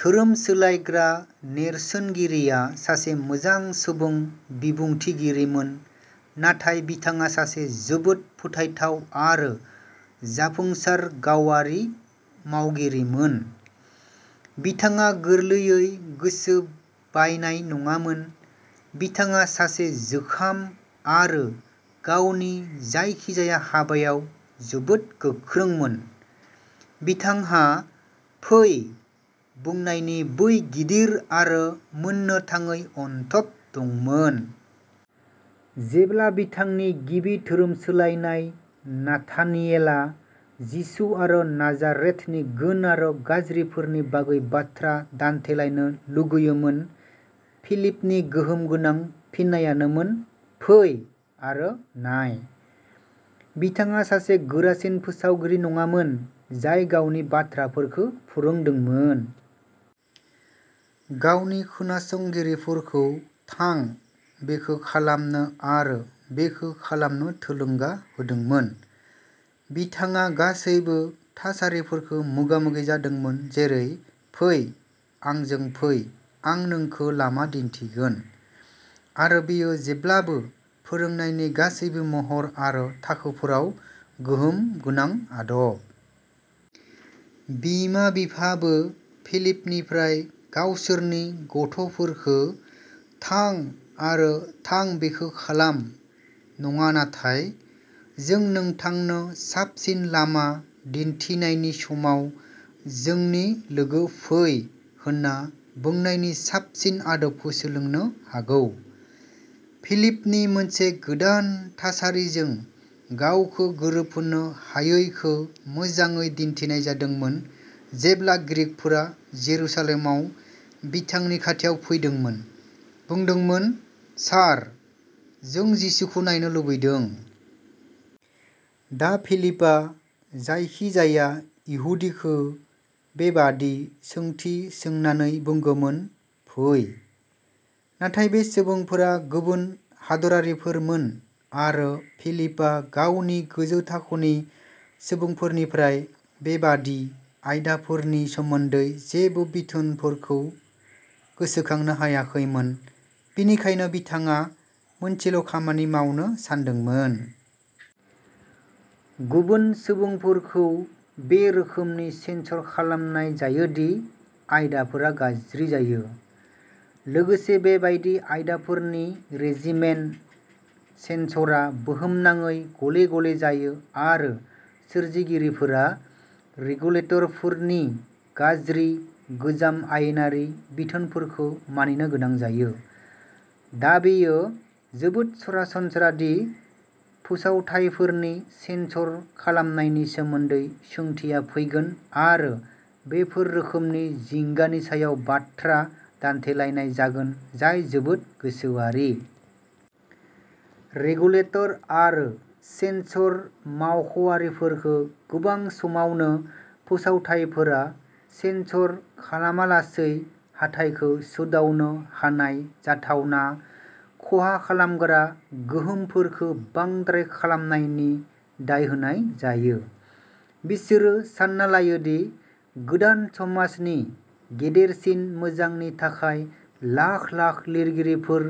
धोरोम सोलायग्रा नेर्सोनगिरिआ सासे मोजां सुबुं बिबुंथिगिरिमोन, नाथाय बिथाङा सासे जोबोद फोथायथाव आरो जाफुंसार गावारि मावगिरिमोन। बिथाङा गोरलैयै गोसो बायनाय नङामोन; बिथाङा सासे जुखाम आरो गावनि जायखिजाया हाबायाव जोबोद गोख्रोंमोन। बिथांहा "फै" बुंनायनि बै गिदिर आरो मोननो थाङै अनथोब दंमोन। जेब्ला बिथांनि गिबि धोरोम सोलायनाय, नाथानियेलआ, जिसु आरो नाजारेथनि गुन आरो गाज्रिफोरनि बागै बाथ्रा दान्थेलायनो लुगैयोमोन, फिलिपनि गोहोम गोनां फिननायामोन, "फै आरो नाय। " बिथाङा सासे गोरासिन फोसावगिरि नङामोन, जाय गावनि बाथ्राफोरखौ फोरोंदोंमोन। गावनि खोनासंगिरिफोरखौ "थां"-बेखौ खालामनो आरो बेखौ खालामनो थुलुंगा होदोंमोन। बिथाङा गासैबो थासारिफोरखौ मोगा-मोगि जादोंमोन, जेरै "फै"-"आंजों फै; आं नोंखौ लामा दिन्थिगोन। " आरो बेयो जेब्लाबो फोरोंनायनि गासैबो महर आरो थाखोफोराव गोहोम गोनां आदब। बिमा-बिफाबो फिलिपनिफ्राय गावसोरनि गथ'फोरखौ "थां आरो थां बेखौ खालाम" नङा, नाथाय "जों नोंथांनो साबसिन लामा दिन्थिनायनि समाव जोंनि लोगो फै" होनना बुंनायनि साबसिन आदबखौ सोलोंनो हागौ। फिलिपनि मोनसे गोदान थासारिजों गावखौ गोरोबहोनो हायैखौ मोजाङै दिन्थिनाय जादोंमोन जेब्ला ग्रीकफोरा जेरुसालेमाव बिथांनि खाथियाव फैदोंमोन, बुंदोंमोनः "सार, जों जिसुखौ नायनो लुबैदों। " दा फिलिपआ जायखिजाया इहुदिखौ बेबादि सोंथि सोंनानै बुंगौमोन, "फै। " नाथाय बे सुबुंफोरा गुबुन हादोरारिफोरमोन, आरो फिलिपआ गावनि गोजौ थाखोनि सुबुंफोरनिफ्राय बेबादि आयदाफोरनि सोमोन्दै जेबो बिथोनफोरखौ गोसोखांनो हायाखैमोन; बेनिखायनो बिथाङा मोनसेल'खामानि मावनो सानदोंमोन। गुबुन सुबुंफोरखौ बे रोखोमनि सेन्सर खालामनाय जायो दि आयदाफोरा गाज्रि जायो। लोगोसे, बेबादि आयदाफोरनि रेजिमेन सेन्सरआ बुहुमनाङै गले-गले जायो आरो सोरजिगिरिफोरा रेगुलेटरफोरनि गाज्रि, गोजाम आयेनारि बिथोनफोरखौ मानिनो गोनां जायो। दा, बेयो जोबोद सरासनस्रा दि फोसावथाइफोरनि सेन्सर खालामनायनि सोमोन्दै सोंथिया फैगोन आरो बेफोर रोखोमनि जिंगानि सायाव बाथ्रा दान्थेलायनाय जागोन जाय जोबोद गोसोआरि। रेगुलेटर आरो सेन्सर मावख'आरिफोरखौ गोबां समावनो फोसावथाइफोरा सेन्सर खालामालासै हाथाइखौ सौदावनो हानाय जाथावना खहा खालामग्रा गोहोमफोरखौ बांद्राय खालामनायनि दाय होनाय जायो। बिसोरो सानना लायो दि गोदान समाजनि गेदेरसिन मोजांनि थाखाय लाख-लाख लिरगिरिफोर,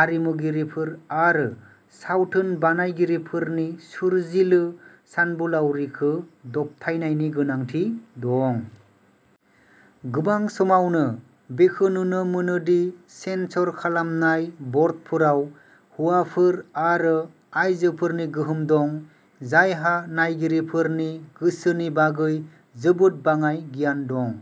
आरिमुगिरिफोर आरो सावथुन बानायगिरिफोरनि सोरजिलु सानबोलावरिखौ दबथायनायनि गोनांथि दं। गोबां समावनो, बेखौ नुनो मोनो दि सेन्सर खालामनाय बर्डफोराव हौवाफोर आरो आयजोफोरनि गोहोम दं, जायहा नायगिरिफोरनि गोसोनि बागै जोबोद बाङाइ गियान दं।